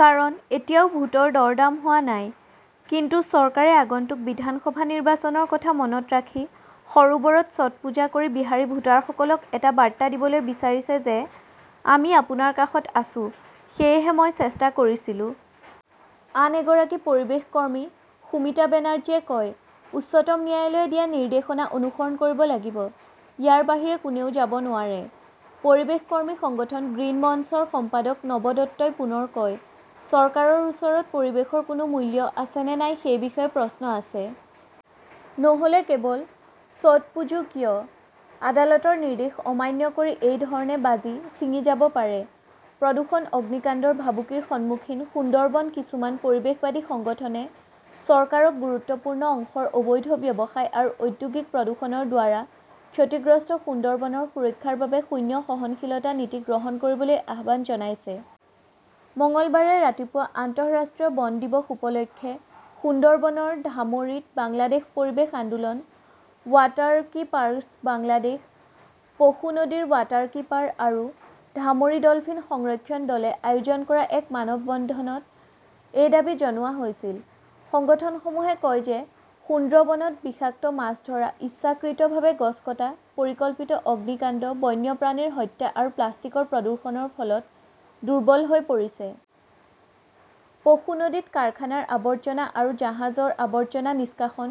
কাৰণ, এতিয়াও ভোটৰ দৰদাম হোৱা নাই। কিন্তু চৰকাৰে আগন্তুক বিধানসভা নিৰ্বাচনৰ কথা মনত ৰাখি সৰোবৰত ছট পূজা কৰি বিহাৰী ভোটাৰসকলক এটা বাৰ্তা দিবলৈ বিচাৰিছে যে আমি আপোনাৰ কাষত আছো। সেয়েহে মই চেষ্টা কৰিছিলো। আন এগৰাকী পৰিৱেশ কৰ্মী সুমিতা বেনাৰ্জীয়ে কয়, "উচ্চতম ন্যায়ালয়ে দিয়া নিৰ্দেশনা অনুসৰণ কৰিব লাগিব। ইয়াৰ বাহিৰে কোনেও যাব নোৱাৰে। "পৰিৱেশ কৰ্মী সংগঠন 'গ্ৰীণ মঞ্চ" ৰ সম্পাদক নব দত্তই পুনৰ কয়, "চৰকাৰৰ ওচৰত পৰিৱেশৰ কোনো মূল্য আছে নে নাই সেই বিষয়ে প্ৰশ্ন আছে। নহ 'লে কেৱল ছ' টপুজো কিয়, আদালতৰ নিৰ্দেশ অমান্য কৰি এই ধৰণে বাজি ছিঙি যাব পাৰে! "। প্ৰদূষণ-অগ্নিকাণ্ডৰ ভাবুকিৰ সন্মুখীন সুন্দৰবন কিছুমান পৰিৱেশবাদী সংগঠনে চৰকাৰক গুৰুত্বপূৰ্ণ অংশৰ অবৈধ ব্যৱসায় আৰু ঔদ্যোগিক প্ৰদূষণৰ দ্বাৰা ক্ষতিগ্ৰস্ত সুন্দৰবনৰ সুৰক্ষাৰ বাবে শূন্য সহনশীলতা নীতি গ্ৰহণ কৰিবলৈ আহ্বান জনাইছে। মঙলবাৰে ৰাতিপুৱা আন্তঃৰাষ্ট্ৰীয় বন দিৱস উপলক্ষে সুন্দৰবনৰ ঢামৰীত বাংলাদেশ পৰিৱেশ আন্দোলন, ৱাটাৰকীপাৰ্ছ বাংলাদেশ, পশু নদীৰ ৱাটাৰকীপাৰ আৰু ঢামৰী ডলফিন সংৰক্ষণ দলে আয়োজন কৰা এক মানৱ বন্ধনত এই দাবী জনোৱা হৈছিল। সংগঠনসমূহে কয় যে সুন্দ্ৰবনত বিষাক্ত মাছ ধৰা, ইচ্ছাকৃতভাৱে গছ কটা, পৰিকল্পিত অগ্নিকাণ্ড, বন্যপ্ৰাণীৰ হত্যা আৰু প্লাষ্টিকৰ প্ৰদূষণৰ ফলত দুৰ্বল হৈ পৰিছে। পশু নদীত কাৰখানাৰ আৱৰ্জনা আৰু জাহাজৰ আৱৰ্জনা নিষ্কাশন,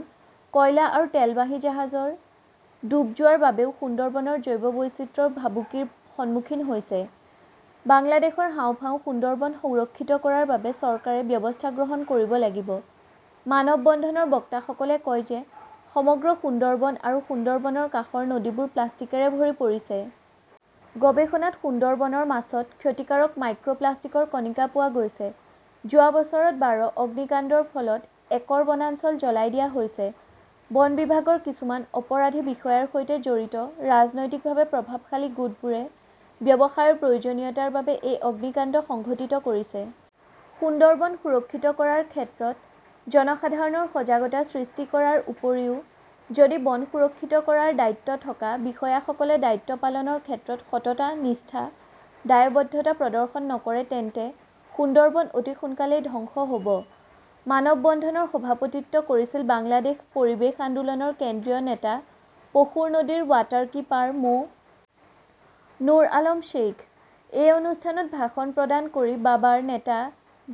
কয়লা আৰু তেলবাহী জাহাজৰ ডুব যোৱাৰ বাবেও সুন্দৰবনৰ জৈৱ বৈচিত্ৰ্য ভাবুকিৰ সন্মুখীন হৈছে। বাংলাদেশৰ হাঁওফাঁও সুন্দৰবন সুৰক্ষিত কৰাৰ বাবে চৰকাৰে ব্যৱস্থা গ্ৰহণ কৰিব লাগিব। মানৱ বন্ধনৰ বক্তাসকলে কয় যে সমগ্ৰ সুন্দৰবন আৰু সুন্দৰবনৰ কাষৰ নদীবোৰ প্লাষ্টিকৰে ভৰি পৰিছে। গৱেষণাত সুন্দৰবনৰ মাছত ক্ষতিকাৰক মাইক্ৰ "প্লাষ্টিকৰ কণিকা পোৱা গৈছে। যোৱা বছৰত বাৰ অগ্নিকাণ্ডৰ ফলত একৰ বনাঞ্চল জ্বলাই দিয়া হৈছে। বন বিভাগৰ কিছুমান অপৰাধী বিষয়াৰ সৈতে জড়িত ৰাজনৈতিকভাৱে প্ৰভাৱশালী গোটবোৰে ব্যৱসায়ৰ প্ৰয়োজনীয়তাৰ বাবে এই অগ্নিকাণ্ড সংঘটিত কৰিছে। সুন্দৰবন সুৰক্ষিত কৰাৰ ক্ষেত্ৰত জনসাধাৰণৰ সজাগতা সৃষ্টি কৰাৰ উপৰিও যদি বন সুৰক্ষিত কৰাৰ দায়িত্ব থকা বিষয়াসকলে দায়িত্ব পালনৰ ক্ষেত্ৰত সততা-নিষ্ঠা-দায়বদ্ধতা প্ৰদৰ্শন নকৰে তেন্তে সুন্দৰবন অতি সোনকালেই ধ্বংস হ 'ব। মানৱ বন্ধনৰ সভাপতিত্ব কৰিছিল বাংলাদেশ পৰিৱেশ আন্দোলনৰ কেন্দ্ৰীয় নেতা পশুৰ নদীৰ ৱাটাৰকীপাৰ মো. নুৰ আলম শ্বেইখ। এই অনুষ্ঠানত ভাষণ প্ৰদান কৰি বাবাৰ নেতা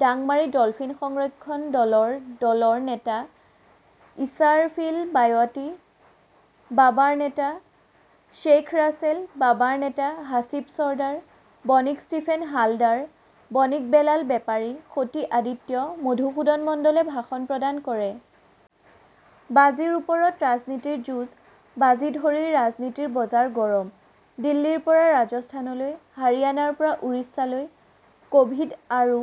ডাংমাৰী ডলফিন সংৰক্ষণ দলৰ দলৰ নেতা ইছাৰফিল বয়াতী, বাবাৰ নেতা শ্বেইখ ৰাছেল, বাবাৰ নেতা হাছিব চৰ্দাৰ, বণিক ষ্টিফেন হালদাৰ, বনিক বেলাল বেপাৰী, সতী আদিত্য, মধুসূদন মণ্ডলে ভাষণ প্ৰদান কৰে। বাজিৰ ওপৰত ৰাজনীতিৰ যুঁজ বাজি ধৰি ৰাজনীতিৰ বজাৰ গৰম! দিল্লীৰ পৰা ৰাজস্থানলৈ, হাৰিয়ানাৰ পৰা উৰিষ্যালৈ-ক "ভিড আৰু